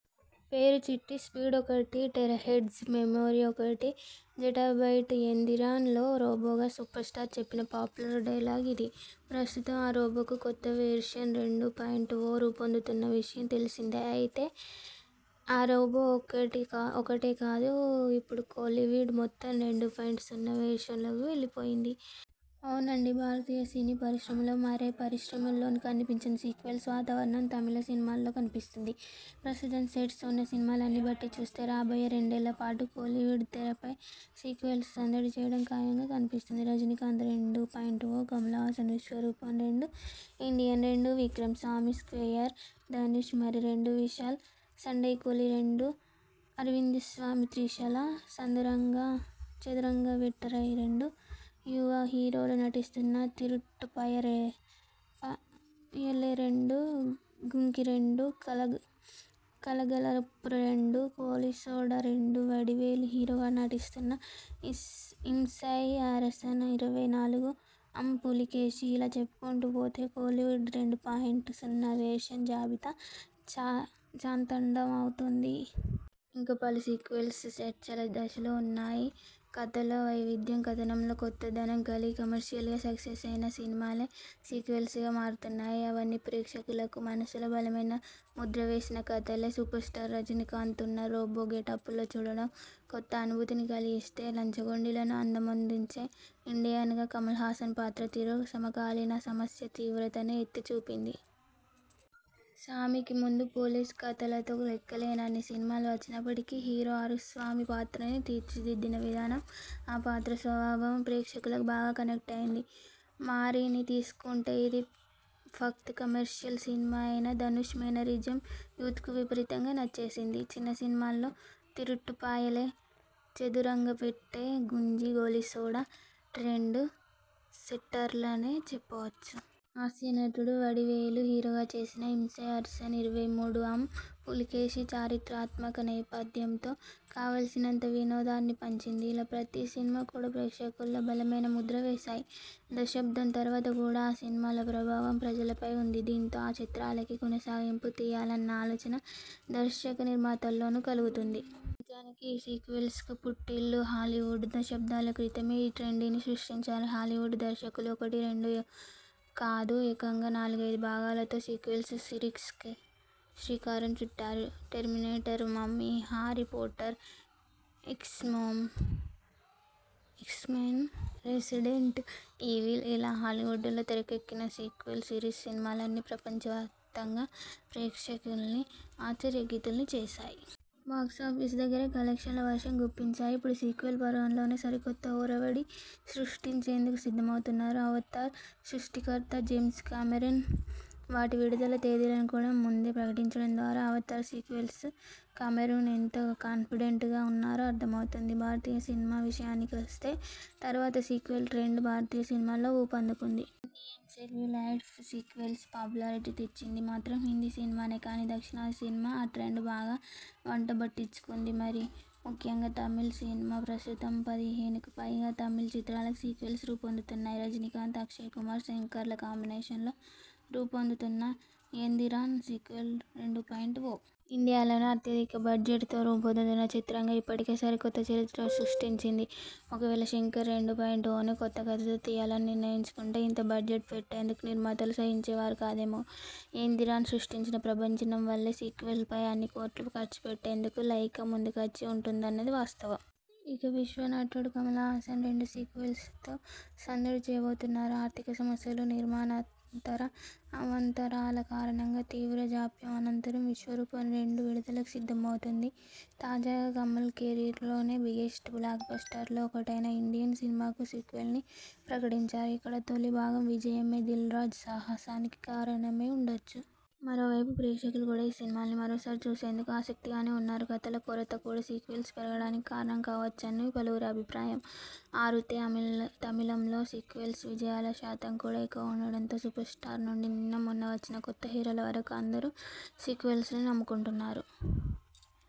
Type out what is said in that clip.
పేరు చిట్టి స్పీడ్ ఒకటి terahertz, memory ఒకటి జెటాబైట్'యందిరన్'లో రోబోగా సూపర్స్టార్ చెప్పిన పాపులర్ డైలాగు ఇది. ప్రస్తుతం ఆ రోబోకు కొత్త వెర్షన్ 'రెండు.ఓ' రూపొందుతోన్న విషయం తెలిసిందే. అయితే ఆ రోబో ఒక్కటే కాదు, ఇప్పుడు కోలీవుడ్ మొత్తం రెండు పాయింట్ సున్నా వెర్షన్లోకి వెళ్లిపోయింది. అవునండి, భారతీయ సినీ పరిశ్రమలో మరే పరిశ్రమలోనూ కనిపించని సీక్వెల్స్ వాతావరణం తమిళ సినిమాలో కనిపిస్తోంది. ప్రస్తుతం సెట్స్ ఉన్న సినిమాల్ని బట్టి చూస్తే రాబోయే రెండేళ్లపాటు కోలీవుడ్ తెరపై సీక్వెల్స్ సందడి చేయడం ఖాయంగా కనిపిస్తోంది. రజనీకాంత్ 'రెండు.ఓ', కమల్హాసన్ 'విశ్వరూపం-రెండు', 'ఇండియన్-రెండు', విక్రమ్ 'సామి స్క్వేయర్', ధనుష్ 'మారిరెండు' విశాల్ 'సండైకోళిరెండు', అరవింద్స్వామి త్రిషల 'చదురంగవేట్టైరెండు', యువ హీరోలు నటిస్తున్న 'తిరుట్టుపయలేరెండు', 'గుంకీరెండు', 'కలగలప్పురెండు', 'గోలీసోడారెండు', వడివేలు హీరోగా నటిస్తున్న 'ఇంసై అరసన్ ఇరవై నాలుగు ఆమ్ పులికేశి'ఇలా చెప్పుకుంటూ పోతే కోలీవుడ్ రెండు పాయింట్ సున్నా వెర్షన్ జాబితా చాంతాడంతవుతుంది. ఇంకా పలు సీక్వెల్స్ చర్చల దశలో ఉన్నాయి. కథలో వైవిధ్యం, కథనంలో కొత్త దనం కలిగి కమర్షియల్గా సక్సెస్ అయిన సినిమాలే సీక్వెల్స్గా మారుతున్నాయి. అవన్నీ ప్రేక్షకుల మనసులో బలమైన ముద్ర వేసిన కథలే. సూపర్స్టార్ రజనీకాంత్ను రోబో గెటప్లో చూడడం కొత్త అనుభూతిని కలిగించిస్తే, లంచగొండిలను అందమొందించే 'ఇండియన్'గా కమల్హాసన్ పాత్ర తీరు సమకాలీన సమస్య తీవ్రతను ఎత్తి చూపింది. 'సామి'కి ముందు పోలీసు కథలతో లెక్కలేనన్ని సినిమాలు వచ్చినప్పటికీ, హీరో ఆరుస్వామి పాత్రని తీర్చిదిద్దిన విధానం, ఆ పాత్ర స్వభావం ప్రేక్షకులకు బాగా కనెక్ట్ అయ్యింది. 'మారి'ని తీసుకుంటేఇది ఫక్తు కమర్షియల్ సినిమా అయినా, ధనుష్ మేనరిజం యూత్కు విపరీతంగా నచ్చేసింది. చిన్న సినిమాల్లో 'తిరుట్టుపయలే', 'చదురంగవేట్టై', 'గుంకీ', 'గోలీసోడా' ట్రెండ్ సెట్టర్లనే చెప్పొచ్చు. హాస్యనటుడు వడివేలు హీరోగా చేసిన 'ఇంసై అరసన్ ఇరవై మూడుఆమ్ పులికేశి' చారిత్రాత్మక నేపథ్యంతో కావాల్సినంత వినోదాన్ని పంచిది. ఇలా ప్రతి సినిమా కూడా ప్రేక్షకుల్లో బలమైన ముద్ర వేశాయి. దశాబ్దం తరువాత కూడా ఆ సినిమాల ప్రభావం ప్రజలపై ఉంది. దీంతో ఆ చిత్రాలకి కొనసాగింపు తీయాలన్న ఆలోచన దర్శక, నిర్మాతల్లోను కలుగుతోంది. నిజానికి ఈ సీక్వెల్స్కు పుట్టిల్లు హాలీవుడ్. దశాబ్దాల క్రితమే ఈ ట్రెండ్ని సృష్టించారు హాలీవుడ్ దర్శకులు. ఒకటి, రెండు కాదుఏకంగా నాలుగైదు భాగాలతో సీక్వెల్స్ సిరీస్కే శ్రీకారం చుట్టారు. 'Terminator', 'Mummy', 'Harry Potter', 'X Men', 'Resident ఈవిల్'ఇలా హాలీవుడ్లో తెరకెక్కిన సీక్వెల్ సిరీస్ సినిమాలన్నీ ప్రపంచవ్యాప్తంగా ప్రేక్షకుల్ని ఆశ్చర్యకితుల్ని చేశాయి. బాక్సాఫీస్ దగ్గర కలెక్షన్ల వర్షం గుప్పించాయి. ఇప్పుడు సీక్వెల్ పర్వంలోనే సరికొత్త ఒరవడి సృష్టించేందుకు సిద్ధమవుతున్నారు 'అవతార్' సృష్టికర్త జేమ్స్ కామెరూన్. వాటి విడుదల తేదీలను కూడా ముందే ప్రకటించడం ద్వారా 'అవతార్' సీక్వెల్స్పై కామెరూన్ ఎంత కాన్ఫిడెంట్గా ఉన్నారో అర్ధమవుతుంది. భారతీయ సినిమా విషయాని కొస్తే తరువాత సీక్వెల్ ట్రెండ్ భారతీయ సినిమాలో ఊపందుకుంది. ఇండియన్ సెల్యులాయిడ్పై సీక్వెల్స్కు పాపులారిటీ తెచ్చింది మాత్రం హిందీ సినిమానే. కానీ, దక్షిణాది సినిమా ఆ ట్రెండ్ బాగా వంటబట్టించుకుంది మరీ ముఖ్యంగా తమిళ సినిమా. ప్రస్తుతం పదిహేనుకుపైగా తమిళ చిత్రాలకి సీక్వెల్స్ రూపొందుతున్నాయి. రజనీకాంత్, అక్షయ్ కుమార్, శంకర్ల కాంబినేషన్లో రూపొందుతున్న 'యందిరన్' సీక్వెల్ 'రెండు.ఓ' ఇండియాలోనే అత్యధిక బడ్జెట్ తో రూపొందుతున్న చిత్రంగా ఇప్పటికే సరికొత్త చరిత్ర సృష్టించింది. ఒకవేళ శంకర్ 'రెండు.ఓ'ని కొత్త కథతో తీయాలని నిర్ణయించుకుంటే ఇంత బడ్జెట్ పెట్టేందుకు నిర్మాతలు సాహసించేవారు కాదేమో. 'యందిరన్' సృష్టించిన ప్రభంజనం వల్లే సీక్వెల్పై అన్ని కోట్లు ఖర్చుపెట్టేందుకు లైకా ముందుకొచ్చి ఉంటుందన్నది వాస్తవం. ఇక విశ్వనటుడు కమల్హాసన్ రెండు సీక్వెల్స్తో సందడి చేయబోతున్నారు. ఆర్ధిక సమస్యలు, నిర్మాణాంతర అవాంతరాల కారణంగా తీవ్ర జాప్యం అనంతరం 'విశ్వరూపంరెండు' విడుదలకు సిద్ధమవుతోంది. తాజాగా కమల్ కెరీర్లోనే బిగ్గెస్ట్ బ్లాక్బస్టర్లలో ఒకటైన 'ఇండియన్' సినిమాకు సీక్వెల్నీ ప్రకటించారు. ఇక్కడా తొలి భాగం విజయమే దిల్రాజు సాహసానికి కారణమై ఉండొచ్చు. మరోవైపు ప్రేక్షకులు కూడా ఈ సినిమాల్ని మరోసారి చూసేందుకు ఆసక్తిగానే ఉన్నారు. కథల కొరత కూడా సీక్వెల్స్ పెరగడానికి కారణం కావొచ్చని పలువురి అభిప్రాయం. అరుతే తమిళంలో సీక్వెల్స్ విజయాల శాతం కూడా ఎక్కువగా ఉండడంతో సూపర్స్టార్ నుండి నిన్న మొన్న వచ్చిన కొత్త హీరోల వరకు అందరూ సీక్వెల్స్నే నమ్ముకుంటున్నారు.